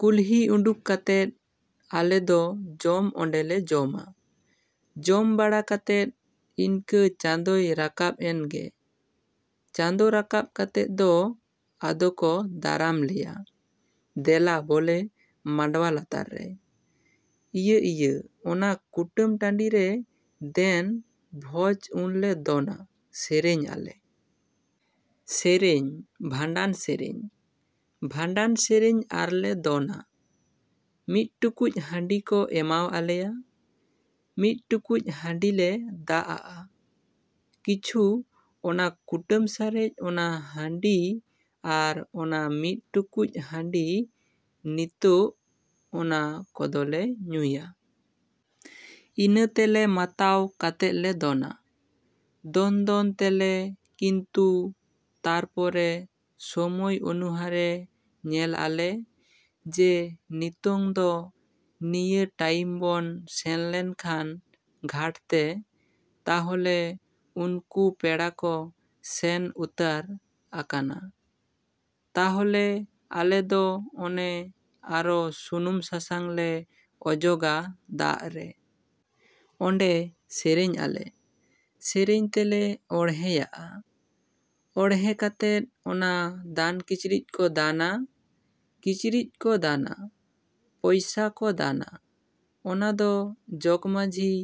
ᱠᱩᱞᱦᱤ ᱩᱰᱩᱠ ᱠᱟᱛᱮᱫ ᱟᱞᱮ ᱫᱚ ᱡᱚᱢ ᱚᱸᱰᱮᱞᱮ ᱡᱚᱢᱟ᱾ ᱡᱚᱢ ᱵᱟᱲᱟ ᱠᱟᱛᱮᱫ ᱤᱱᱠᱟᱹ ᱪᱟᱸᱫᱳᱭ ᱨᱟᱠᱟᱵᱽ ᱮᱱ ᱜᱮ᱾ ᱪᱟᱸᱫᱳ ᱨᱟᱠᱟᱵᱽ ᱠᱟᱛᱮᱫ ᱫᱚ ᱟᱫᱚ ᱠᱚ ᱫᱟᱨᱟᱢ ᱞᱮᱭᱟ᱾ ᱫᱮᱞᱟ ᱵᱚᱞᱮ ᱢᱟᱰᱣᱟ ᱞᱟᱛᱟᱨ ᱨᱮ, ᱤᱭᱟᱹ ᱤᱭᱟᱹ ᱚᱱᱟ ᱠᱩᱴᱟᱹᱢ ᱴᱟᱺᱰᱤ ᱨᱮ ᱫᱮᱱ ᱵᱷᱚᱡᱽ ᱩᱱᱞᱮ ᱫᱚᱱᱟ ᱥᱮᱨᱮᱧ ᱟᱞᱮ᱾ ᱥᱮᱨᱮᱧ ᱵᱷᱟᱸᱰᱟᱱ ᱥᱮᱨᱮᱧ, ᱵᱷᱟᱸᱰᱟᱱ ᱥᱮᱨᱮᱧ ᱟᱨᱞᱮ ᱫᱚᱱᱟ᱾ ᱢᱤᱫ ᱴᱩᱠᱩᱡ ᱦᱟᱺᱰᱤ ᱠᱚ ᱮᱢᱟᱣ ᱟᱞᱮᱭᱟ᱾ ᱢᱤᱫ ᱴᱩᱠᱩᱡ ᱦᱟᱺᱰᱤ ᱞᱮ ᱫᱟᱜᱼᱟᱜᱼᱟ ᱠᱤᱪᱷᱩ ᱚᱱᱟ ᱠᱩᱴᱟᱹᱢ ᱥᱟᱨᱮᱡ ᱚᱱᱟ ᱦᱟᱺᱰᱤ ᱟᱨ ᱚᱱᱟ ᱢᱤᱫ ᱴᱩᱠᱩᱡ ᱦᱟᱺᱰᱤ ᱱᱤᱛᱚᱜ ᱚᱱᱟ ᱠᱚᱫᱚᱞᱮ ᱧᱩᱭᱟ᱾ ᱤᱱᱟᱹ ᱛᱮᱞᱮ ᱢᱟᱛᱟᱣ ᱠᱟᱛᱮᱫ ᱞᱮ ᱫᱚᱱᱟ᱾ ᱫᱚᱱ ᱫᱚᱱ ᱛᱮᱞᱮ ᱠᱤᱱᱛᱩ ᱛᱟᱨᱯᱚᱨᱮ ᱥᱚᱢᱚᱭ ᱚᱱᱩ ᱦᱟᱨᱮ ᱧᱮᱞ ᱟᱞᱮ ᱡᱮ ᱱᱤᱛᱚᱝ ᱫᱚ ᱱᱤᱭᱟᱹ ᱴᱟᱭᱤᱢ ᱵᱚᱱ ᱥᱮᱱ ᱞᱮᱱᱠᱷᱟᱱ ᱜᱷᱟᱴᱛᱮ ᱛᱟᱦᱚᱞᱮ ᱩᱱᱠᱩ ᱯᱮᱲᱟ ᱠᱚ ᱥᱮᱱ ᱩᱛᱟᱨ ᱟᱠᱟᱱᱟ᱾ ᱛᱟᱦᱚᱞᱮ ᱟᱞᱮ ᱫᱚ ᱚᱱᱮ ᱟᱨᱚ ᱥᱩᱱᱩᱢ ᱥᱟᱥᱟᱝ ᱞᱮ ᱚᱡᱚᱜᱟ ᱫᱟᱜ ᱨᱮ᱾ ᱚᱸᱰᱮ ᱥᱮᱨᱮᱧ ᱟᱞᱮ᱾ ᱥᱮᱨᱮᱧ ᱛᱮᱞᱮ ᱚᱬᱦᱮᱭᱟᱜᱼᱟ᱾ ᱚᱬᱦᱮ ᱠᱟᱛᱮᱫ ᱚᱱᱟ ᱫᱟᱱ ᱠᱤᱪᱨᱤᱡᱽ ᱠᱚ ᱫᱟᱱᱟ, ᱠᱤᱪᱨᱤᱡᱽ ᱠᱚ ᱫᱟᱱᱟ, ᱯᱚᱭᱥᱟ ᱠᱚ ᱫᱟᱱᱟ᱾ ᱚᱱᱟ ᱫᱚ ᱡᱚᱜᱽ ᱢᱟᱺᱡᱷᱤᱭ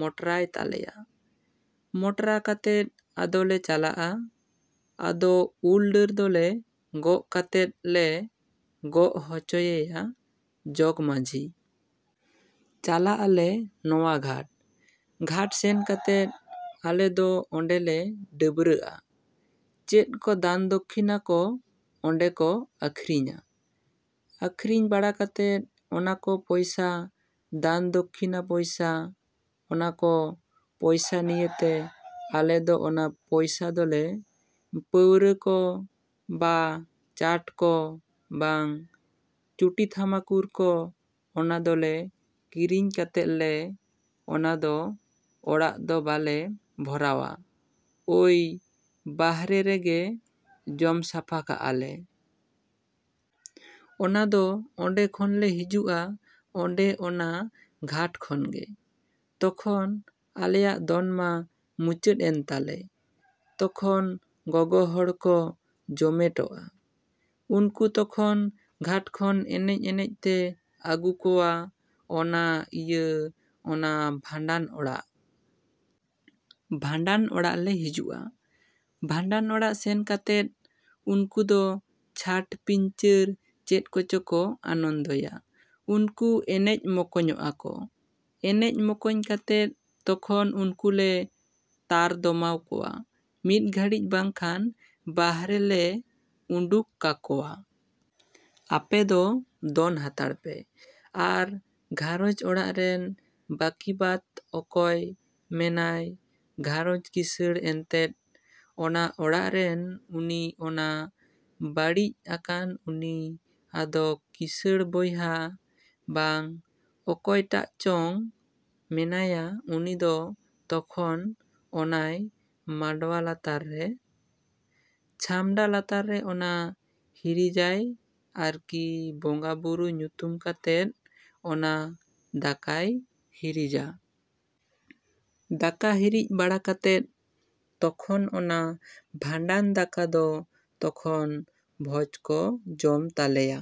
ᱢᱚᱴᱨᱟᱭ ᱛᱟᱞᱮᱭᱟ᱾ ᱢᱚᱴᱨᱟ ᱠᱟᱛᱮᱫ ᱟᱫᱚᱞᱮ ᱪᱟᱞᱟᱜᱼᱟ᱾ ᱟᱫᱚ ᱩᱞ ᱰᱟᱹᱨ ᱫᱚᱞᱮ ᱜᱚᱜ ᱠᱟᱛᱮᱫ ᱞᱮ ᱜᱚᱜ ᱦᱚᱪᱚᱭᱮᱭᱟ ᱡᱚᱜᱽ ᱢᱟᱺᱡᱷᱤ᱾ ᱪᱟᱞᱟᱜ ᱟᱞᱮ ᱱᱚᱣᱟ ᱜᱷᱟᱴ ᱜᱷᱟᱴ ᱥᱮᱱ ᱠᱟᱛᱮᱫ ᱟᱞᱮ ᱫᱚ ᱚᱸᱰᱮ ᱞᱮ ᱰᱟᱹᱵᱽᱨᱟᱹᱜᱼᱟ᱾ ᱪᱮᱫ ᱠᱚ ᱫᱟᱱ ᱫᱚᱠᱠᱷᱤᱱᱟ ᱠᱚ ᱚᱸᱰᱮ ᱠᱚ ᱟᱹᱠᱷᱨᱤᱧᱟ᱾ ᱟᱹᱠᱷᱨᱤᱧ ᱵᱟᱲᱟ ᱠᱟᱛᱮᱫ ᱚᱱᱟ ᱠᱚ ᱯᱚᱭᱥᱟ ᱫᱟᱱ ᱫᱚᱠᱷᱤᱱᱟ ᱯᱚᱭᱥᱟ, ᱚᱱᱟ ᱠᱚ ᱯᱚᱭᱥᱟ ᱱᱤᱭᱮ ᱛᱮ ᱟᱞᱮ ᱫᱚ ᱚᱱᱟ ᱯᱚᱭᱥᱟ ᱫᱚᱞᱮ ᱯᱟᱹᱣᱨᱟᱹ ᱠᱚ ᱵᱟ ᱪᱟᱴ ᱠᱚ ᱵᱟᱝ ᱪᱩᱴᱤ ᱛᱷᱟᱢᱟᱠᱩᱨ ᱠᱚ ᱚᱱᱟ ᱠᱚᱞᱮ ᱠᱤᱨᱤᱧ ᱠᱟᱛᱮᱫ ᱞᱮ ᱚᱱᱟ ᱫᱚ ᱚᱲᱟᱜ ᱫᱚ ᱵᱟᱞᱮ ᱵᱷᱚᱨᱟᱣᱟ ᱳᱭ ᱵᱟᱦᱨᱮ ᱨᱮᱜᱮ ᱡᱚᱢ ᱥᱟᱯᱷᱟ ᱠᱟᱜᱼᱟ ᱞᱮ᱾ ᱚᱱᱟ ᱫᱚ ᱚᱸᱰᱮ ᱠᱷᱚᱱ ᱞᱮ ᱦᱤᱡᱩᱜᱼᱟ ᱚᱸᱰᱮ ᱚᱱᱟ ᱜᱷᱟᱴ ᱠᱷᱚᱱ ᱜᱮ᱾ ᱛᱚᱠᱷᱚᱱ ᱟᱞᱮᱭᱟᱜ ᱫᱚᱱ ᱢᱟ ᱢᱩᱪᱟᱹᱫ ᱮᱱ ᱛᱟᱞᱮ᱾ ᱛᱚᱠᱷᱚᱱ ᱜᱚᱜᱚ ᱦᱚᱲ ᱠᱚ ᱡᱚᱢᱮᱴᱚᱜᱼᱟ᱾ ᱩᱱᱠᱩ ᱛᱚᱠᱷᱚᱱ ᱜᱷᱟᱴ ᱠᱷᱚᱱ ᱮᱱᱮᱡ ᱮᱱᱮᱡ ᱛᱮ ᱟᱹᱜᱩ ᱠᱚᱣᱟ ᱚᱱᱟ ᱤᱭᱟᱹ ᱚᱱᱟ ᱵᱷᱟᱸᱰᱟᱱ ᱚᱲᱟᱜ᱾ ᱵᱷᱟᱸᱰᱟᱱ ᱚᱲᱟᱜ ᱞᱮ ᱦᱤᱡᱩᱜᱼᱟ᱾ ᱵᱷᱟᱸᱰᱟᱱ ᱚᱲᱟᱜ ᱥᱮᱱ ᱠᱟᱛᱮᱫ ᱩᱱᱠᱩ ᱫᱚ ᱪᱷᱟᱴ ᱯᱤᱧᱪᱟᱹᱨ ᱪᱮᱫ ᱠᱚᱪᱚ ᱠᱚ ᱟᱱᱚᱱᱫᱚᱭᱟ᱾ ᱩᱱᱠᱩ ᱮᱱᱮᱡ ᱢᱚᱠᱚᱧᱚᱜᱼᱟ ᱠᱚ᱾ ᱮᱱᱮᱡ ᱢᱚᱠᱚᱧ ᱠᱟᱛᱮᱫ ᱛᱚᱠᱷᱚᱱ ᱩᱱᱠᱩ ᱞᱮ ᱛᱟᱨᱫᱚᱢᱟᱣ ᱠᱚᱣᱟ ᱢᱤᱫ ᱜᱷᱟᱹᱲᱤᱡ ᱵᱟᱝᱠᱷᱟᱱ ᱵᱟᱦᱨᱮ ᱞᱮ ᱩᱰᱩᱠ ᱠᱟᱠᱚᱣᱟ᱾ ᱟᱯᱮ ᱫᱚ ᱫᱚᱱ ᱦᱟᱛᱟᱲ ᱯᱮ ᱟᱨ ᱜᱷᱟᱨᱚᱸᱡᱽ ᱚᱲᱟᱜ ᱨᱮᱱ ᱵᱟᱹᱠᱤ ᱵᱟᱫ ᱚᱠᱚᱭ ᱢᱮᱱᱟᱭ ᱜᱷᱟᱨᱚᱸᱡᱽ ᱠᱤᱥᱟᱹᱬ ᱮᱱᱛᱮᱫ ᱚᱱᱟ ᱚᱲᱟᱜ ᱨᱮᱱ ᱩᱱᱤ ᱚᱱᱟ ᱵᱟᱹᱲᱤᱡ ᱟᱠᱟᱱ ᱩᱱᱤ ᱟᱫᱚ ᱠᱤᱥᱟᱹᱬ ᱵᱚᱭᱦᱟ ᱵᱟᱝ ᱚᱠᱚᱭ ᱴᱟᱜ ᱪᱚᱝ ᱢᱮᱱᱟᱭᱟ ᱩᱱᱤ ᱫᱚ ᱛᱚᱠᱷᱚᱱ ᱚᱱᱟᱭ ᱢᱟᱰᱣᱟ ᱞᱟᱛᱟᱨ ᱨᱮ, ᱪᱷᱟᱢᱰᱟ ᱞᱟᱛᱟᱨ ᱨᱮ ᱚᱱᱟ ᱦᱤᱨᱤᱡᱟᱭ ᱟᱨᱠᱤ ᱵᱚᱸᱜᱟᱼᱵᱩᱨᱩ ᱧᱩᱛᱩᱢ ᱠᱟᱛᱮᱫ ᱚᱱᱟ ᱫᱟᱠᱟᱭ ᱦᱤᱨᱤᱡᱟ᱾ ᱫᱟᱠᱟ ᱦᱤᱨᱤᱡ ᱵᱟᱲᱟ ᱠᱟᱛᱮᱫ ᱛᱚᱠᱷᱚᱱ ᱚᱱᱟ ᱵᱷᱟᱸᱰᱟᱱ ᱫᱟᱠᱟ ᱫᱚ ᱛᱚᱠᱷᱚᱱ ᱵᱷᱚᱡᱽ ᱠᱚ ᱡᱚᱢ ᱛᱟᱞᱮᱭᱟ᱾